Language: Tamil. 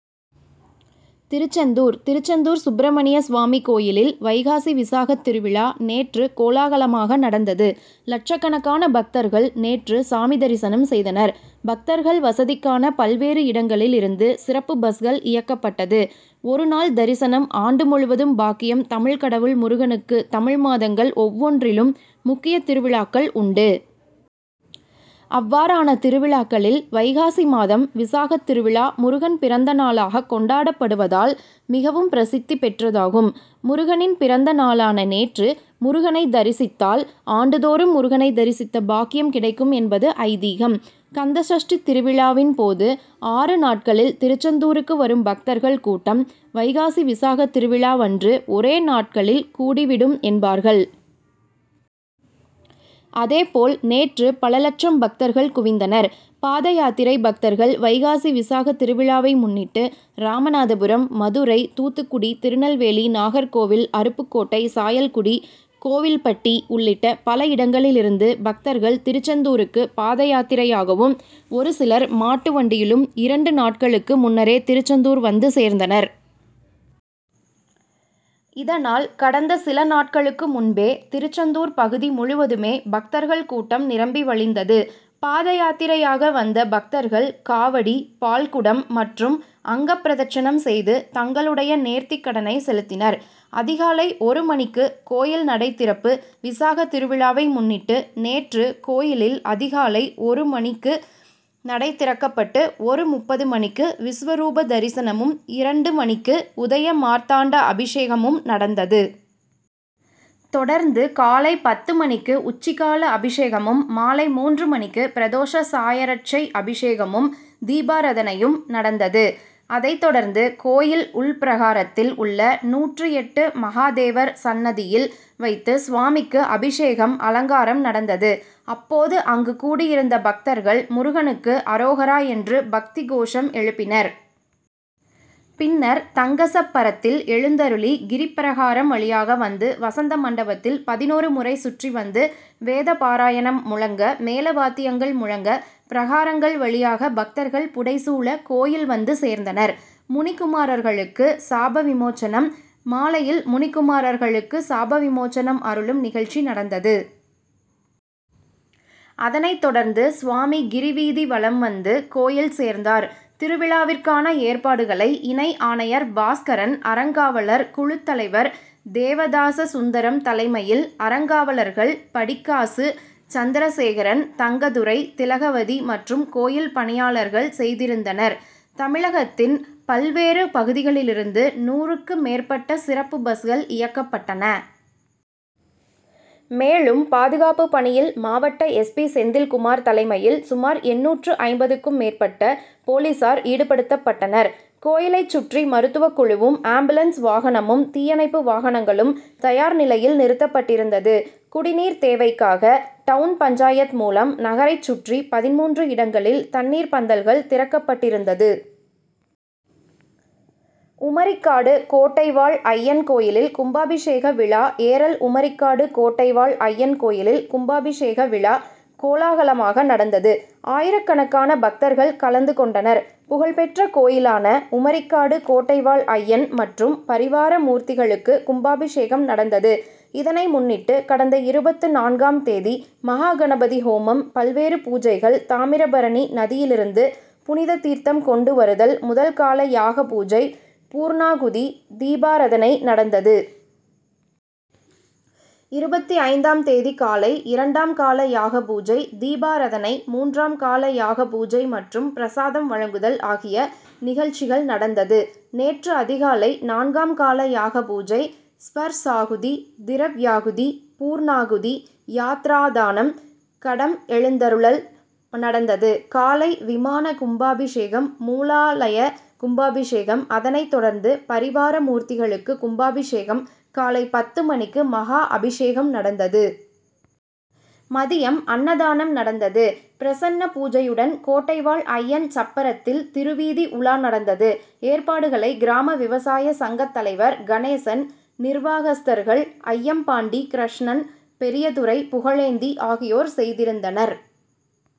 திருச்செந்தூர் திருச்செந்தூர் சுப்பிரமணியசுவாமி கோயிலில் வைகாசி விசாகத் திருவிழா நேற்று கோலாகலமாக நடந்தது. லட்சக்கணக்கான பக்தர்கள் நேற்று சாமி தரிசனம் செய்த னர். பக்தர்கள் வசதிக்கான பல்வேறு இடங்களில் இருந்து சிறப்பு பஸ்கள் இயக்கப்பட்டது. ஒரு நாள் தரிசனம் ஆண்டு முழுவதும் பாக்கியம் தமிழ்க்கடவுள் முருகனுக்கு தமிழ் மாதங்கள் ஒவ்வொன்றிலும் முக்கிய திருவிழாக்கள் உண்டு. அவ்வாறான திருவிழாக்களில் வைகாசி மாதம் விசாகத்திருவிழா முருகன் பிறந்தநாளாக கொண்டாடப்படுவதால் மிகவும் பிரசித்தி பெற்றதாகும். முருகனின் பிறந்த நாளான நேற்று முருகனை தரிசித் தால் ஆண்டுதோறும் முரு கனை தரிசித்த பாக்கியம் கிடைக்கும் என்பது ஐதீகம். கந்த சஷ்டி திருவிழாவின் போது ஆறு நாட்களில் திருச்செந்தூருக்கு வரும் பக்தர்கள் கூட்டம் வைகாசி விசாகத்திருவிழாவன்று ஒரே நாட்களில் கூடிவிடும் என்பார்கள். அதே போல் நேற்று பல லட்சம் பக்தர்கள் குவிந்தனர். பாதயாத்திரை பக்தர்கள் வைகாசி விசாக திருவிழாவை முன்னிட்டு ராமநாதபுரம், மதுரை, தூத்துக்குடி, திருநெல்வேலி, நாகர்கோவில், அருப்புக்கோட்டை, சாயல்குடி, கோவில்பட்டி உள்ளிட்ட பல இடங்களில் இருந்து பக்தர்கள் திருச்செந்தூருக்கு பாதயாத்திரையாகவும் ஒருசிலர் மாட்டுவண்டியிலும் இரண்டு நாட்களுக்கு முன்னரே திருச்செந்தூர் வந்து சேர்ந்தனர். இதனால் கடந்த சில நாட்களுக்கு முன்பே திருச்செந்தூர் பகுதி முழுவதுமே பக்தர்கள் கூட்டம் நிரம்பி வழிந்தது. பாத யாத்திரையாக வந்த பக்தர் கள் காவடி, பால்குடம் மற் றும் அங்கபிரதட்சணம் செய்து தங்களுடைய நேர்த் திகடனை செலுத்தினர். அதிகாலை ஒரு மணிக்கு கோயில் நடைதிறப்பு விசாக திருவிழாவை முன்னிட்டு நேற்று கோயிலில் அதிகாலை ஒரு மணிக்கு நடை திறக்கப்பட்டு ஒரு முப்பது மணிக்கு விஸ்வரூபதரிசனமும், இரண்டு மணிக்கு உதய மார்த்தாண்ட அபிஷேகமும் நடந்தது. தொடர்ந்து காலை பத்து மணிக்கு உச்சிகால அபிஷேகமும், மாலை மூன்று மணிக்கு பிரதோச சாயரட்சை அபிஷேகமும், தீபாராதனையும் நடந்தது. அதைத் தொடர்ந்து கோயில் உள்பிரகாரத்தில் உள்ள நூற்று எட்டு மகாதேவர் சன்னதியில் வைத்து சுவாமிக்கு அபிஷேகம், அலங்காரம் நடந்தது. அப்போது அங்கு கூடி யிருந்த பக்தர்கள் முருக னுக்கு அரோகரா என்று பக்தி கோஷம் எழுப்பினர். பின்னர் தங்கசப்பரத்தில் எழுந்தருளி கிரிப்பிரகாரம் வழியாக வந்து வசந்த மண்டபத்தில் பதினொரு முறை சுற்றி வந்து வேதபாராயணம் முழங்க, மேள வாத்தியங்கள் முழங்க பிரகாரங்கள் வழியாக பக்தர்கள் புடை சூழ கோயில் வந்து சேர்ந்தார். முனிகுமாரர்களுக்கு சாபவிமோச்சனம் மாலையில் முனிக்குமாரர்களுக்கு சாப விமோச்சனம் அருளும் நிகழ்ச்சி நடந்தது. அதனைத் தொடர்ந்து சுவாமி கிரிவீதி வலம் வந்து கோயில் சேர்ந்தார். திருவிழாவிற்கான ஏற்பாடுகளை இணை ஆணையர் பாஸ்கரன், அறங்காவலர் குழுத் தலைவர் தேவதாச சுந்தரம் தலைமையில் அறங்காவலர்கள், படிக்காசு, சந்திரசேகரன், தங்கத்துரை, திலகவதி மற்றும் கோயில் பணியாளர்கள் செய்திருந்தனர். தமிழகத்தின் பல்வேறு பகுதிகளிலிருந்து நூறுக்கு மேற்பட்ட சிறப்பு பஸ்கள் இயக்கப்பட்டன. மேலும் பாதுகாப்பு பணியில் மாவட்ட எஸ்பி.,செந்தில்குமார் தலைமையில் சுமார் எண்ணூற்று ஐம்பது க்கும் மேற்பட்ட போலீசார் ஈடுபடுத்தப்பட்டனர். கோயிலைச் சுற்றி மருத்துவக்குழுவும், ஆம்புலன்ஸ் வாகனமும், தீயணைப்பு வாகனங்களும் தயார் நிலையில் நிறுத்தப்பட்டிருந்தது. குடிநீர் தேவைக்காக டவுன் பஞ்சாயத் மூலம் நகரைச் சுற்றி பதின்மூன்று இடங்களில் தண்ணீர் பந்தல்கள் திறக்கப்பட் டிருந்தது. உமரிக்காடு கோட்டை வாழ் ஐயன் கோயிலில் கும்பாபிஷேக விழா ஏரல் உமரிக்காடு கோட்டை வாழ் ஐயன் கோயிலில் கும்பாபிஷேக விழா கோலாகலமாக நடந்தது. ஆயிரக்கணக்கான பக்தர்கள் கலந்து கொண்டனர். புகழ் பெற்ற கோயிலானா உமரிக்காடு கோட்டைவாழ் ஐயன் மற்றும் பரிவார மூர்த்திகளுக்கு கும்பாபிஷேகம் நடந்தது. இதனை முன்னிட்டு கடந்த இருபத்து நான்காம் தேதி மகா கணபதி ஹோமம், பல்வேறு பூஜைகள் தாமிரபரணி நதியிலிருந்து புனித தீர்த்தம் கொண்டு வருதல், முதல் கால யாக பூஜை, பூர்ணாகுதி, தீபாராதனை, நடந்தது. இருபத்து ஐந்தாம் தேதி காலை இரண்டாம் காலயாகபூஜை, தீபாராதனை, மூன்றாம் காலயாக பூஜை மற்றும் பிரசாதம் வழங்குதல் ஆகிய நிகழ்ச்சிகள் நடந்தது. நேற்று அதிகாலை நான்காம் கால யாகபூஜை, ஸ்பர்சாகுதி, திரவ்யாகுதி, பூர்ணாகுதி, யாத்ராதானம், கடம் எழுந்தருளல் நடந்தது. காலை விமான கும்பாபிஷேகம், மூலாலய கும்பாபிஷேகம், அதனை தொடர்ந்து பரிவார மூர்த்திகளுக்கு கும்பாபிஷேகம் காலை பத்து மணிக்கு மகா அபிஷேகம் நடந்தது. மதியம் அன்னதானம் நடந்தது. பிரசன்ன பூஜையுடன் கோட்டைவாழ் ஐயன் சப்பரத்தில் திருவீதி உலா நடந்தது. ஏற்பாடுகளை கிராம விவசாய சங்க தலைவர் கணேசன் நிர்வாகஸ்தர்கள், அய்யம்பாண்டி, கிரஷ்ணன், பெரியதுரை, புகழேந்தி ஆகியோர் செய்திருந்தனர்.